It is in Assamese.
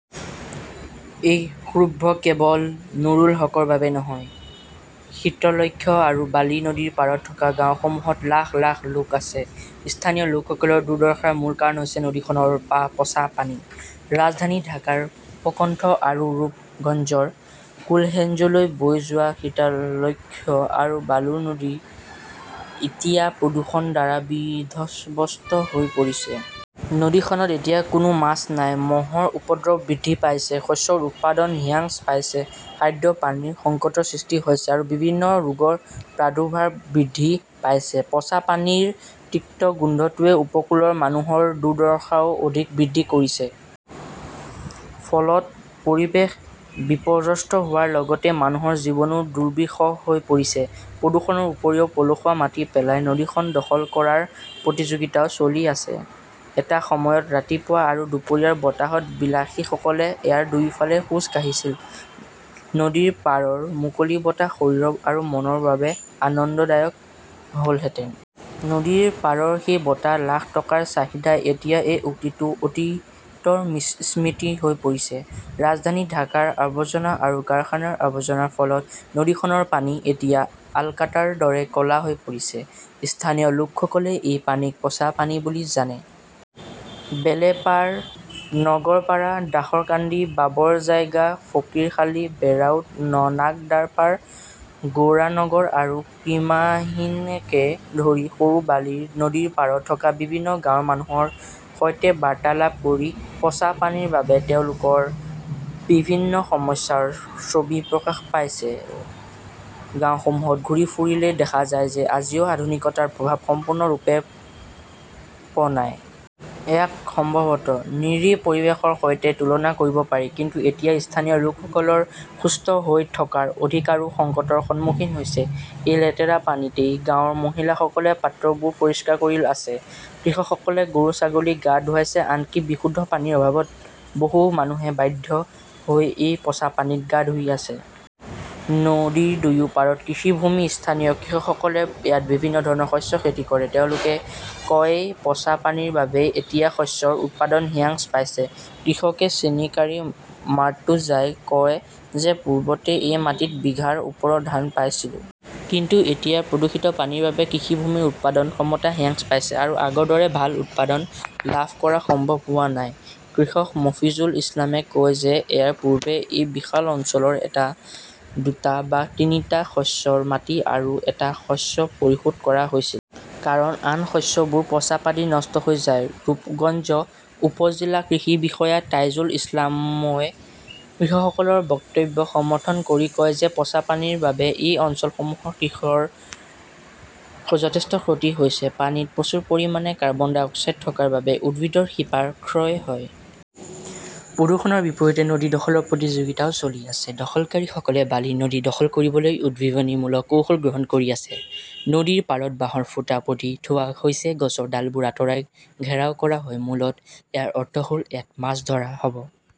এই ক্ষোভ কেৱল নুৰুল হকৰ বাবেই নহয়। শীতলক্ষ্যা আৰু বালি নদীৰ পাৰত থকা গাঁওসমূহত লাখ লাখ লোক আছে। স্থানীয় লোকসকলৰ দুৰ্দশাৰ মূল কাৰণ হৈছে নদীখনৰ পচা পানী। ৰাজধানী ঢাকাৰ উপকণ্ঠ আৰু ৰূপগঞ্জৰ কোলহেঞ্জলৈ বৈ যোৱা শীতলক্ষ্যা আৰু বালু নদী এতিয়া প্ৰদূষণৰ দ্বাৰা বিধবস্ত হৈ পৰিছে। নদীখনত এতিয়া কোনো মাছ নাই। মহৰ উপদ্ৰৱ বৃদ্ধি পাইছে। শস্যৰ উৎপাদন হিয়চ পাইছে। খাদ্য পানীৰ সংকটৰ সৃষ্টি হৈছে আৰু বিভিন্ন ৰোগৰ প্ৰাদুৰ্ভাৱ বৃদ্ধি পাইছে। পচা পানীৰ তিক্ত গোন্ধটোৱে উপকূলৰ মানুহৰ দুৰ্দশাও অধিক বৃদ্ধি কৰিছে। ফলত পৰিৱেশ বিপৰ্যস্ত হোৱাৰ লগতে মানুহৰ জীৱনো দুৰ্বিষহ হৈ পৰিছে। প্ৰদূষণৰ উপৰিও পলসুৱা মাটি পেলাই নদীখন দখল কৰাৰ প্ৰতিযোগিতাও চলি আছে। এটা সময়ত ৰাতিপুৱা আৰু দুপৰীয়াৰ বতাহত বিলাসীসকলে ইয়াৰ দুয়োফালে খোজ কাঢ়িছিল। নদীৰ পাৰৰ মুকলি বতাহ শৰীৰ আৰু মনৰ বাবে আনন্দদায়ক হ'লহেঁতেন। নদীৰ পাৰৰ সেই বতাহ, লাখ টকাৰ চাহিদা। এতিয়া এই উক্তিটো অতীতৰ স্মৃতি হৈ পৰিছে। ৰাজধানী ঢাকাৰ আৱৰ্জনা আৰু কাৰখানাৰ আৱৰ্জনাৰ ফলত নদীখনৰ পানী এতিয়া আলকাট্ৰাৰ দৰে ক 'লা হৈ পৰিছে। স্থানীয় লোকসকলে এই পানীক'পচা' পানী বুলি জানে। বেলেপাৰ, নগৰপাৰা, দাসৰকান্দি, বাবৰজাইগা, ফকীৰখালী, বেৰাইড, নাগদাৰপাৰ, গৌড়া নগৰ আৰু ত্ৰিমাহনীকে ধৰি সৰু বালিৰ নদীৰ পাৰত থকা বিভিন্ন গাঁৱৰ মানুহৰ সৈতে বাৰ্তালাপ কৰি পচা পানীৰ বাবে তেওঁলোকৰ বিভিন্ন সমস্যাৰ ছবি প্ৰকাশ পাইছিল। গাওঁসমূহত ঘূৰি ফুৰিলে দেখা যায় যে, আজিও আধুনিকতাৰ প্ৰভাৱ সম্পূৰ্ণৰূপে প নাই। ইয়াক সম্ভৱতঃ নিৰীহ পৰিৱেশৰ সৈতে তুলনা কৰিব পাৰি। কিন্তু এতিয়া স্থানীয় লোকসকলৰ সুস্থ হৈ থকাৰ অধিকাৰো সংকটৰ সন্মুখীন হৈছে। এই লেতেৰা পানীতে গাঁৱৰ মহিলাসকলে পাত্ৰবোৰ পৰিষ্কাৰ কৰি আছে। কৃষকসকলে গৰু-ছাগলী গা ধুৱাইছে। আনকি বিশুদ্ধ পানীৰ অভাৱত বহু মানুহে বাধ্য হৈ এই পচা পানীতে গা ধুই আছে। নদীৰ দুয়ো পাৰত কৃষিভূমি। স্থানীয় কৃষকসকলে ইয়াত বিভিন্ন ধৰণৰ শস্য খেতি কৰে। তেওঁলোকে কয় যে পচা পানীৰ বাবে এতিয়া শস্যৰ উৎপাদন হিয়ান্চ পাইছে। কৃষক শ্ৰেণীকাৰী মাৰ্টুজাই কয় যে পূৰ্বতে মই মাটিত বিঘাৰ ওপৰৰ ধান পাইছিলো। কিন্তু এতিয়া প্ৰদূষিত পানীৰ বাবে কৃষিভূমিৰ উৎপাদন ক্ষমতা হিয়ান্চ পাইছে আৰু আগৰ দৰে ভাল উৎপাদন লাভ কৰা সম্ভৱ হোৱা নাই। কৃষক মফিজুল ইছলামে কয় যে ইয়াৰ পূৰ্বে এই বিশাল অঞ্চলৰ দুটা বা তিনিটা শস্যৰ মাটি আৰু এটা শস্য পৰিশোধ কৰা হৈছিল। কাৰণ আন শস্যবোৰ পচা পানীত নষ্ট হৈ যায়। ৰূপগঞ্জ উপ-জিলা কৃষি বিষয়া তাইজুল ইছলামই কৃষকসকলৰ বক্তব্য সমৰ্থন কৰি কয় যে পচা পানীৰ বাবে এই অঞ্চলসমূহৰ কৃষিৰ যথেষ্ট ক্ষতি হৈছে। পানীত প্ৰচুৰ পৰিমাণে কাৰ্বন ডাই অক্সাইড থকাৰ বাবে উদ্ভিদৰ শিপাৰ ক্ষয় হয়। প্ৰদূষণৰ বিপৰীতে নদী দখলৰ প্ৰতিযোগিতাও চলি আছে। দখলকাৰীসকলে বালি নদী দখল কৰিবলৈ উদ্ভাৱনীমূলক কৌশল গ্ৰহণ কৰি আছে। নদীৰ পাৰত বাঁহৰ খুঁটা পুতি থোৱা হৈছে, গছৰ ডালবোৰ আঁতৰাই ঘেৰাও কৰা হয়। মূলতঃ ইয়াৰ অৰ্থ হ'ল ইয়াত মাছ ধৰা হ'ব।